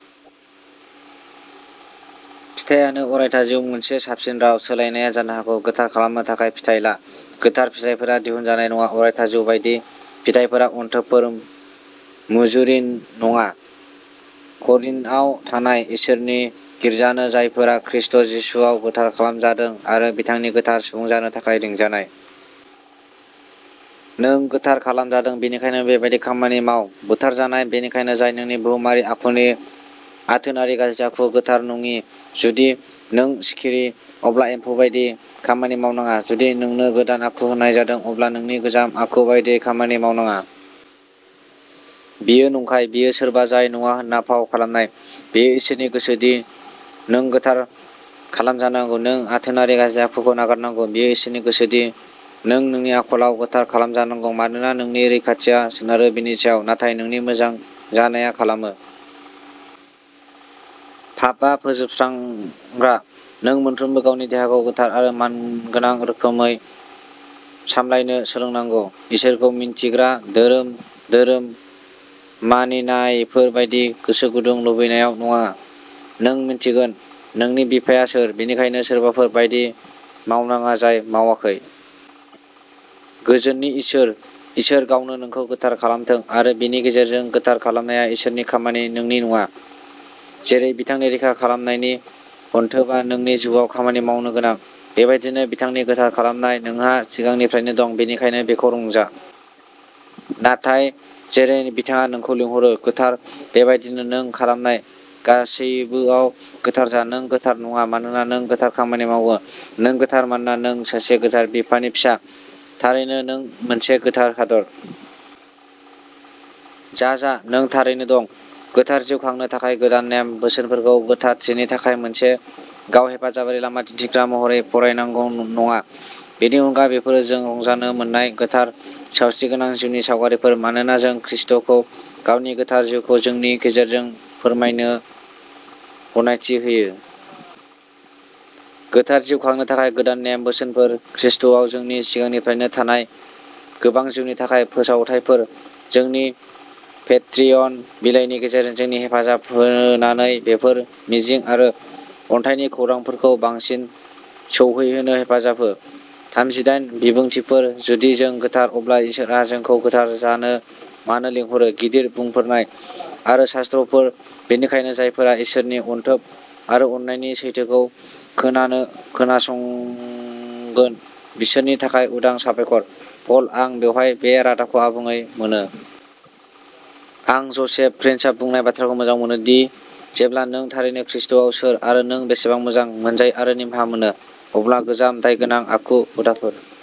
फिथायानो अरायथा जिउ मोनसे साबसिन राव सोलायनाया जानो हागौ, गोथार खालामनो थाखाय फिथाइ ला। गोथार फिथाइफोरा दिहुनजानाय नङा। अरायथा जिउ बायदि, फिथाइफोरा अनथोबफोर, मुजुरि नङा। करिन्थआव थानाय इसोरनि गिर्जानो, जायफोरा खृष्ट जिसुआव गोथार खालामजादों आरो बिथांनि गोथार सुबुं जानो थाखाय लिंजानाय। नों गोथार खालामजादों बेनिखायनो बेबादि खामानि माव। बुथारजानाय, बेनिखायनो, जाय नोंनि बुहुमारि आखुनि आथोनारि गाज्रि आखु, गोथार नङि जुदि नों सिखिरि, अब्ला एम्फौ बायदि खामानि मावनाङा। जुदि नोंनो गोदान आखु होनाय जादों, अब्ला नोंनि गोजाम आखु बायदियै खामानि मावनाङा। बेयो नंखाय। बेयो सोरबा जाय नङा होनना फाव खालामनाय। बेयो इसोरनि गोसो दि नों गोथार खालामजानांगौ नों आथोनारि गाज्रि आखुखौ नागारनांगौ। बेयो इसोरनि गोसो दि नों नोंनि आखलआव गोथार खालामजानांगौ, मानोना नोंनि रैखाथिया सोनारो बेनि सायाव, नाथाय नोंनि मोजां जानाया खालामो। पापआ फोजोबस्रांग्रा। नों मोनफ्रोमबो गावनि देहाखौ गोथार आरो मानगोनां रोखोमै सामलायनो सोलोंनांगौ, इसोरखौ मिन्थिग्रा धोरोम धोरोम मानिनायफोर बायदि गोसो गुदुं लुबैनायाव नङा। नों मिन्थिगोन नोंनि बिफाया सोर, बेनिखायनो सोरबाफोर बायदि मावनाङा जाय मावाखै। गोजोननि इसोर, इसोर गावनो नोंखौ गोथार खालामथों आरो बेनि गेजेरजों। गोथार खालामनाया इसोरनि खामानि, नोंनि नङा। जेरै बिथांनि रैखा खालामनायनि अनथोबआ नोंनि जिउआव खामानि मावनो गोनां, बेबायदिनो बिथांनि गोथार खालामनाय। नोंहा सिगांनिफ्रायनो दं, बेनिखायनो बेखौ रंजा! नाथाय जेरै बिथाङा नोंखौ लिंहरो, गोथार, बेबायदिनो नों खालामनाय गासैबोआव गोथार जा। नों गोथार नङा मानोना नों गोथार खामानि मावो। नों गोथार मानोना नों सासे गोथार बिफानि फिसा। थारैनो, नों मोनसे गोथार हादोर। जा जा। नों थारैनो दं। गोथार जिउ खांनो थाखाय गोदान नेम बोसोनफोरखौ गोथारथिनि थाखाय मोनसे गाव हेफाजाबारि लामा दिन्थिग्रा महरै फरायनांगौ नङा। बेनि अनगा, बेफोरो जों रंजानो मोन्नाय गोथार, सावस्रिगोनां जिउनि सावगारिफोर, मानोना जों खृष्टखौ गावनि गोथार जिउखौ जोंनि गेजेरजों फोरमायनो गनायथि होयो। गोथार जिउ खांनो थाखाय गोदान नेम बोसोनफोरा ख्रीष्टआव जोंनि सिगांनिफ्रायनो थानाय गोबां जिउनि थाखाय फोसावथायफोर। जोंनि पेट्रियन बिलाइनि गेजेरजों जोंनि हेफाजाब होनानै बेफोर मिजिं आरो अनथाइनि खौरांफोरखौ बांसिन सौहैहोनो हेफाजाब हो। थामजिदाइन बिबुंथिफोर जुदि जों गोथार, अब्ला इसोरआ जोंखौ गोथार जानो मानो लिंहरो गिदिर बुंफोरनाय आरो शास्त्रफोर बेनिखायनो जायफोरा इसोरनि अनथोब आरो अननायनि सैथोखौ खोनानो खोनासंगोन बिसोरनि थाखाय उदां साबायखर, पल, आं बेवहाय बे रादाबखौ आबुङै मोनो। आं ज'सेफ प्रिन्सआ बुंनाय बाथ्राखौ मोजां मोनो, दि जेब्ला नों थारैनो खृष्टआव सोर आरो नों बेसेबां मोजां मोनजायो आरो निमाहा मोनो, अब्ला गोजाम दायगोनां आखु हुदाफोर।